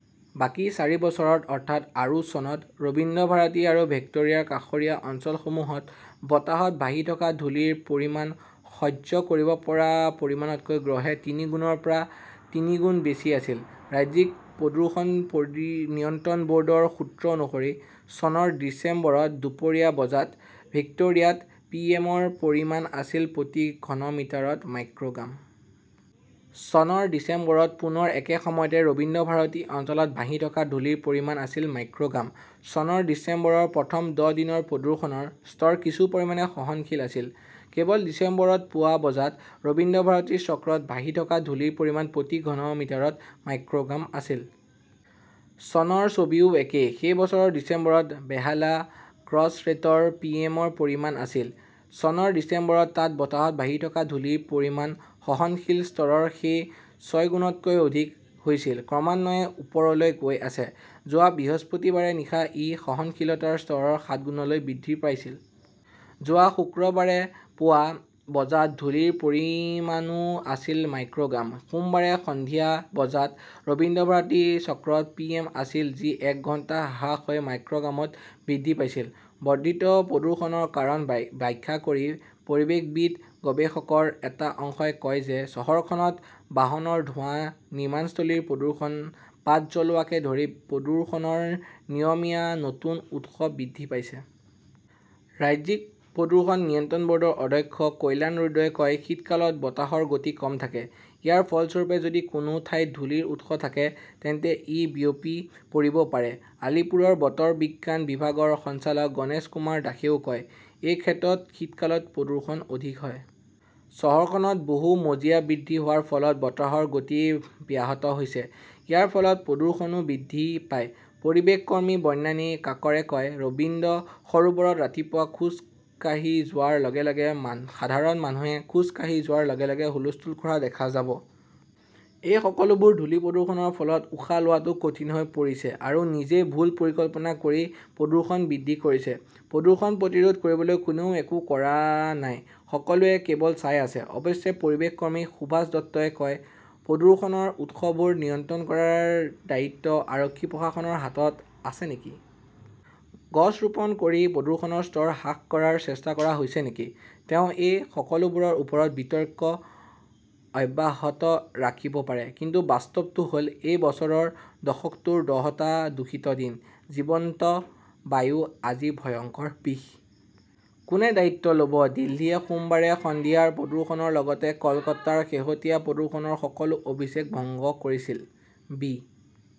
বাকী চাৰি বছৰত, অৰ্থাৎ, আৰু চনত, ৰবীন্দ্ৰভাৰতী আৰু ভিক্টোৰিয়াৰ কাষৰীয়া অঞ্চলসমূহত বতাহত ভাহি থকা ধূলিৰ পৰিমাণ সহ্য কৰিব পৰা পৰিমাণতকৈ গড়ে তিনিৰ পৰা তিনিগুণ বেছি আছিল। ৰাজ্যিক প্ৰদূষণ নিয়ন্ত্ৰণ ব "ৰ্ডৰ সূত্ৰ অনুসৰি চনৰ ডিচেম্বৰত দুপৰীয়া বজাত ভিক্টোৰিয়াত পিএম ৰ পৰিমাণ আছিল প্ৰতি ঘনমিটাৰত মাইক্ৰ" গ্ৰাম। চনৰ ডিচেম্বৰত পুনৰ একে সময়তে ৰবীন্দ্ৰভাৰতী অঞ্চলত ভাহি থকা ধূলিৰ পৰিমাণ আছিল মাইক্ৰ "গ্ৰাম। চনৰ ডিচেম্বৰৰ প্ৰথম দহ দিনৰ প্ৰদূষণৰ স্তৰ কিছু পৰিমাণে সহনশীল আছিল। কেৱল ডিচেম্বৰত পুৱা বজাত ৰবীন্দ্ৰভাৰতী চক্ৰত ভাহি থকা ধূলিৰ পৰিমাণ প্ৰতি ঘনমিটাৰত মাইক্ৰ "গ্ৰাম আছিল। চনৰ ছবিও একেই। সেই বছৰৰ ডিচেম্বৰত বেহালা ক্ৰছৰেটত পিএম ৰ পৰিমাণ আছিল। চনৰ ডিচেম্বৰত তাত বতাহত ভাহি থকা ধূলিৰ পৰিমাণ সহনশীল স্তৰৰ পৰা সেই ছয়গুণতকৈ অধিক হৈছিল, ক্ৰমান্বয়ে ওপৰলৈ গৈ আছে। যোৱা বৃহস্পতিবাৰে নিশা ই সহনশীলতাৰ স্তৰৰ সাতগুণলৈ বৃদ্ধি পাইছিল! যোৱা শুক্ৰবাৰে পুৱা বজাত ধূলিৰ পৰিমাণও আছিল মাইক্ৰ "গ্ৰাম। সোমবাৰে সন্ধিয়া বজাত ৰবীন্দ্ৰভাৰতী চক্ৰত পিএম আছিল, যি এক ঘণ্টা হ্ৰাস হৈ মাইক্ৰ "গ্ৰামত বৃদ্ধি পাইছিল! বৰ্ধিত প্ৰদূষণৰ কাৰণ ব্যাখ্যা কৰি পৰিৱেশবিদ-গৱেষকৰ এটা অংশই কয় যে চহৰখনত বাহনৰ ধোঁৱা, নিৰ্মাণস্থলীৰ প্ৰদূষণ, পাত জ্বলোৱাকে ধৰি প্ৰদূষণৰ নিয়মীয়া নতুন উৎস বৃদ্ধি পাইছে। ৰাজ্যিক প্ৰদূষণ নিয়ন্ত্ৰণ ব "ৰ্ডৰ অধ্যক্ষ কল্যাণ ৰুদ্ৰই কয়", শীতকালত বতাহৰ গতি কম থাকে। ইয়াৰ ফলস্বৰূপে, যদি কোনো ঠাইত ধূলিৰ উৎস থাকে তেন্তে ই বিয়পি পৰিব পাৰে । "আলিপুৰৰ বতৰ বিজ্ঞান বিভাগৰ সঞ্চালক গণেশকুমাৰ দাসেও কয়", "এই ক্ষেত্ৰত শীতকালত প্ৰদূষণ অধিক হয়। " চহৰখনত বহু মজিয়া বৃদ্ধি হোৱাৰ ফলত বতাহৰ গতি ব্যাহত হৈছে। ইয়াৰ ফলত প্ৰদূষণও বৃদ্ধি পায়। "পৰিৱেশ কৰ্মী বনানী কাকৰে কয়", ৰবীন্দ্ৰ সৰোবৰত ৰাতিপুৱা খোজ কাঢ়ি যোৱাৰ লগে লগে সাধাৰণ মানুহে খোজ কাঢ়ি যোৱাৰ লগে লগে হুলস্থুল কৰা দেখা যাব। এই সকলোবোৰ ধূলি-প্ৰদূষণৰ ফলত উশাহ লোৱাটো কঠিন হৈ পৰিছে, আৰু নিজেই ভুল পৰিকল্পনা কৰি প্ৰদূষণ বৃদ্ধি কৰিছে। প্ৰদূষণ প্ৰতিৰোধ কৰিবলৈ কোনেও একো কৰা নাই। সকলোৱে কেৱল চাই আছে! "অৱশ্যে, পৰিৱেশ কৰ্মী সুভাষ দত্তই কয়", প্ৰদূষণৰ উৎসবোৰ নিয়ন্ত্ৰণ কৰাৰ দায়িত্ব আৰক্ষী-প্ৰশাসনৰ হাতত আছে নেকি? গছ ৰোপণ কৰি প্ৰদূষণৰ স্তৰ হ্ৰাস কৰাৰ চেষ্টা কৰা হৈছে নেকি? "তেওঁ এই সকলোবোৰৰ ওপৰত বিতৰ্ক অব্যাহত ৰাখিব পাৰে। কিন্তু বাস্তৱটো হ "ল, এই বছৰৰ দশকটোৰ দহটা দূষিত দিন! জীৱন্ত বায়ু আজি ভয়ংকৰ বিষ! কোনে দায়িত্ব ল 'ব দিল্লীয়ে সোমবাৰে সন্ধিয়াৰ প্ৰদূষণৰ লগতে কলকাতাৰ শেহতীয়া প্ৰদূষণৰ সকলো অভিলেখ ভংগ কৰিছিল। বি.